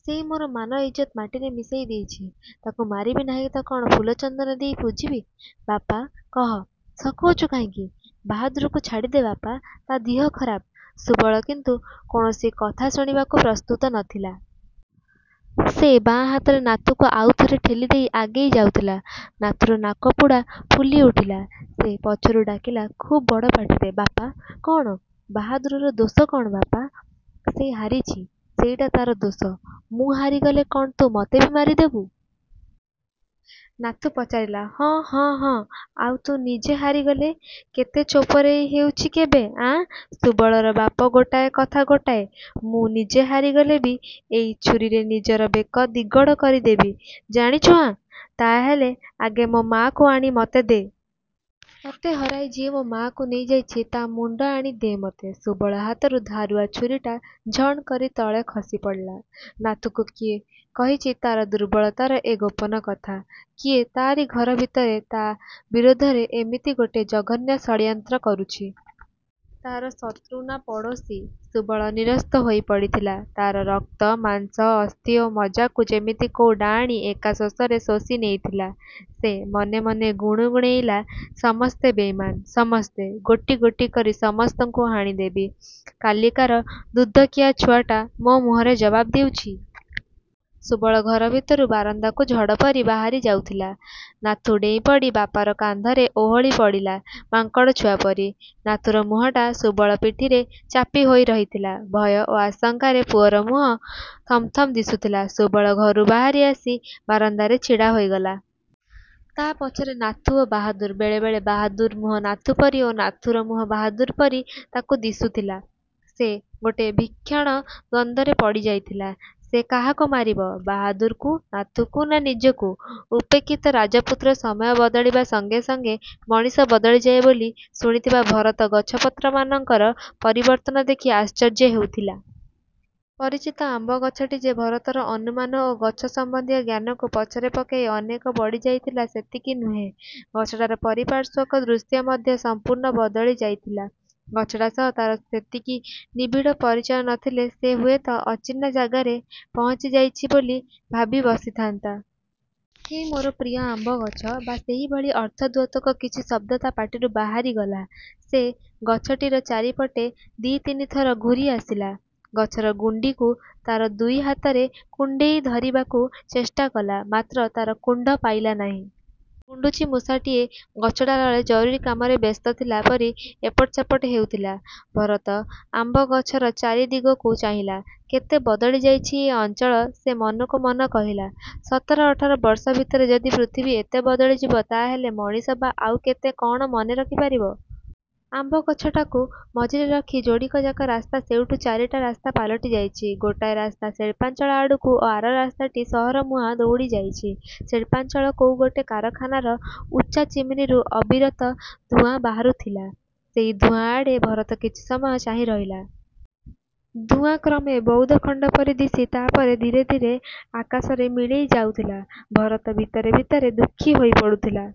"ସେ ମୋର ମାନ ଇଜ୍ଜତ ମାଟିରେ ମିଶେଇ ଦେଇଛି। ତାକୁ ମାରିବି ନାହିଁ ତ କଣ ଫୁଲ ଚନ୍ଦନ ଦେଇ ପୂଜିବି?" "ବାପା!" "କହ। ସକଉଛୁ କାହିଁକି?" "ବାହାଦୁରକୁ ଛାଡ଼ିଦେ ବାପା। ତା ଦିହ ଖରାପ।" ସୁବଳ କିନ୍ତୁ କୌଣସି କଥା ଶୁଣିବାକୁ ପ୍ରସ୍ତୁତ ନଥିଲା। ସେ ବାଁ ହାତରେ ନାଥୁକୁ ଆଉ ଥରେ ଠେଲିଦେଇ ଆଗେଇ ଯାଉଥିଲା। ନାଥୁର ନାକପୁଡ଼ା ଫୁଲି ଉଠିଲା। ସେ ପଛରୁ ଡାକିଲା, ଖୁବ୍ ବଡ଼ ପାଟିରେ, "ବାପା!" "କଣ?" "ବାହାଦୁରର ଦୋଷ କଣ ବାପା?" "ସେ ହାରିଛି। ସେଇଟା ତାର ଦୋଷ।" "ମୁଁ ହାରିଗଲେ କଣ ତୁ ମୋତେ ମାରିଦେବୁ?" ନାଥୁ ପଚାରିଲା। "ହଁ, ହଁ, ହଁ।" "ଆଉ ତୁ ନିଜେ ହାରିଗଲେ?" "କେତେ ଛୋପରେଇ ହେଉଛି କିବେ, ଆଁ!" ସୁବଳର ବାପ ଗୋଟାଏ, କଥା ଗୋଟାଏ। "ମୁଁ ନିଜେ ହାରିଗଲେ ବି ଏଇ ଛୁରୀରେ ନିଜର ବେକ ଦିଗଡ଼ କରିଦେବି। ଜାଣିଛୁ, ଆଁ!" "ତାହାହେଲେ ଆଗେ ମୋ ମାଆକୁ ଆଣି ମୋତେ ଦେ। ତୋତେ ହରେଇ ଯିଏ ମୋ ମାଆକୁ ନେଇଯାଇଛି ତା ମୁଣ୍ଡ ଆଣି ଦେ ମୋତେ" ସୁବଳ ହାତରୁ ଧାରୁଆ ଛୁରୀଟା ଝଣ୍ କରି ତଳେ ଖସିପଡ଼ିଲା। ନାଥୁକୁ କିଏ କହିଛି ତାର ଦୁର୍ବଳତାର ଏ ଗୋପନ କଥା? କିଏ ତାରି ଘର ଭିତରେ ତା ବିରୋଧରେ ଏମିତି ଗୋଟେ ଜଘନ୍ୟ ଷଡ୍ଯନ୍ତ୍ର କରିଛି? ତାର ଶତ୍ରୁ ନା ପଡ଼ୋଶୀ? ସୁବଳ ନିରସ୍ତ ହୋଇପଡ଼ିଥିଲା। ତାର ରକ୍ତ, ମାଂସ, ଅସ୍ଥି ଓ ମଜ୍ଜାକୁ ଯେମିତି କୋଉ ଡାଆଣୀ ଏକା ଶୋଷରେ ଶୋଷି ନେଇଥିଲା। ସେ ମନେ ମନେ ଗୁଣୁଗୁଣେଇଲା, 'ସମସ୍ତେ ବେଇମାନ୍। ସମସ୍ତେ। ଗୋଟି ଗୋଟି କରି ସମସ୍ତଙ୍କୁ ହାଣିଦେବ। କାଲିକାର ଦୁଧଖିଆ ଛୁଆଟା ମୋ ମୁହଁରେ ଜବାବ ଦେଉଛି!' ସୁବଳ ଘର ଭିତରୁ ବାରନ୍ଦାକୁ ଝଡ଼ ପରି ବାହାରି ଯାଉଥିଲା। ନାଥୁ ଡେଇଁପଡ଼ି ବାପର କାନ୍ଧରେ ଓହଳିପଡ଼ିଲା ମାଙ୍କଡ଼ ଛୁଆ ପରି। ନାଥୁର ମୁହଁଟା ସୁବଳର ପିଠିରେ ଚାପି ହୋଇ ରହିଥିଲା। ଭୟ ଓ ଆଶଙ୍କାରେ ପୁଅର ମୁହଁ ଥମଥମ ଦିଶୁଥିଲା। ସୁବଳ ଘରୁ ବାହାରି ଆସି ବାରନ୍ଦାରେ ଛିଡ଼ା ହୋଇଗଲା। ତା ପଛରେ ନାଥୁ ଓ ବାହାଦୁର୍। ବେଳେବେଳେ ବାହାଦୁର୍ର ମୁହଁ ନାଥୁ ପରି ଓ ନାଥୁର ମୁହଁ ବାହାଦୁର୍ ପରି ତାକୁ ଦିଶୁଥିଲା। ସେ ଗୋଟେ ଭୀଷଣ ଦ୍ୱନ୍ଦ୍ୱରେ ପଡ଼ିଯାଇଥିଲା। ସେ କାହାକୁ ମାରିବ? ବାହାଦୁର୍କୁ? ନାଥୁକୁ? ନା ନିଜକୁ? ଉପେକ୍ଷିତ ରାଜପୁତ୍ର ସମୟ ବଦଳିବା ସଙ୍ଗେ ସଙ୍ଗେ ମଣିଷ ବଦଳିଯାଏ ବୋଲି ଶୁଣିଥିବା ଭରତ ଗଛପତ୍ରମାନଙ୍କର ପରିବର୍ତ୍ତନ ଦେଖି ଆଶ୍ଚର୍ଯ୍ୟ ହେଉଥିଲା। ପରିଚିତ ଆମ୍ବ ଗଛଟି ଯେ ଭରତର ଅନୁମାନ ଓ ଗଛ ସମ୍ବନ୍ଧୀୟ ଜ୍ଞାନକୁ ପଛରେ ପକେଇ ଅନେକ ବଢ଼ିଯାଇଥିଲା ସେତିକି ନୁହେଁ, ଗଛଟାର ପାରିପାର୍ଶ୍ୱିକ ଦୃଶ୍ୟ ମଧ୍ୟ ସଂପୂର୍ଣ୍ଣ ବଦଳି ଯାଇଥିଲା। ଗଛଟା ସହ ତାର ସେତିକି ନିବିଡ଼ ପରିଚୟ ନଥିଲେ ସେ ହୁଏତ ଅଚିହ୍ନା ଜାଗାରେ ପହଞ୍ଚିଯାଇଛି ବୋଲି ଭାବିବସିଥାନ୍ତା। 'ହେ ମୋର ପ୍ରିୟ ଆମ୍ବଗଛ' ବା ସେହିଭଳି ଅର୍ଥଦ୍ୟୋତକ କିଛି ଶବ୍ଦ ତା ପାଟିରୁ ବାହାରିଗଲା। ସେ ଗଛଟିର ଚାରିପଟେ ଦି ତିନିଥର ଘୂରି ଆସିଲା, ଗଛର ଗୁଣ୍ଡିକୁ ତାର ଦୁଇ ହାତରେ କୁଣ୍ଢେଇ ଧରିବାକୁ ଚେଷ୍ଟା କଲା, ମାତ୍ର ତାର କୁଣ୍ଢ ପାଇଲା ନାହିଁ। ଗୁଣ୍ଡୁଚିମୂଷାଟିଏ ଗଛ ଡାଳରେ ଜରୁରୀ କାମରେ ବ୍ୟସ୍ତ ଥିଲା ପରି ଏପଟ ସେପଟ ହେଉଥିଲା। ଭରତ ଆମ୍ବଗଛର ଚାରିଦିଗକୁ ଚାହିଁଲା। କେତେ ବଦଳିଯାଇଛି ଏ ଅଞ୍ଚଳ ସେ ମନକୁ ମନ କହିଲା। ସତର-ଅଠର ବର୍ଷ ଭିତରେ ଯଦି ପୃଥିବୀ ଏତେ ବଦଳିଯିବ ତାହାହେଲେ ମଣିଷ ବା ଆଉ କେତେ କଣ ମନେ ରଖିପାରିବ? ଆମ୍ବଗଛଟାକୁ ମଝିରେ ରଖି ଯୋଡ଼ିକଯାକ ରାସ୍ତା ସେଇଠୁ ଚାରିଟା ରାସ୍ତା ପାଲଟି ଯାଇଛନ୍ତି। ଗୋଟାଏ ରାସ୍ତା ଶିଳ୍ପାଞ୍ଚଳ ଆଡ଼କୁ ଓ ଆର ରାସ୍ତାଟି ସହରମୁହାଁ ଦଉଡ଼ି ଯାଇଛି। ଶିଳ୍ପାଞ୍ଚଳ କୋଉ ଗୋଟେ କାରଖାନାର ଉଚ୍ଚା ଚିମିନୀରୁ ଅବିରତ ଧୂଆଁ ବାହାରୁଥିଲା। ସେହି ଧୂଆଁ ଆଡ଼େ ଭରତ କିଛି ସମୟ ଚାହିଁ ରହିଲା। ଧୂଆଁ କ୍ରମେ ବଉଦଖଣ୍ଡ ପରି ଦିଶି ତାପରେ ଧୀରେ ଧୀରେ ଆକାଶରେ ମିଳେଇ ଯାଉଥିଲା। ଭରତ ଭିତରେ ଭିତରେ ଦୁଃଖୀ ହୋଇପଡ଼ୁଥିଲା।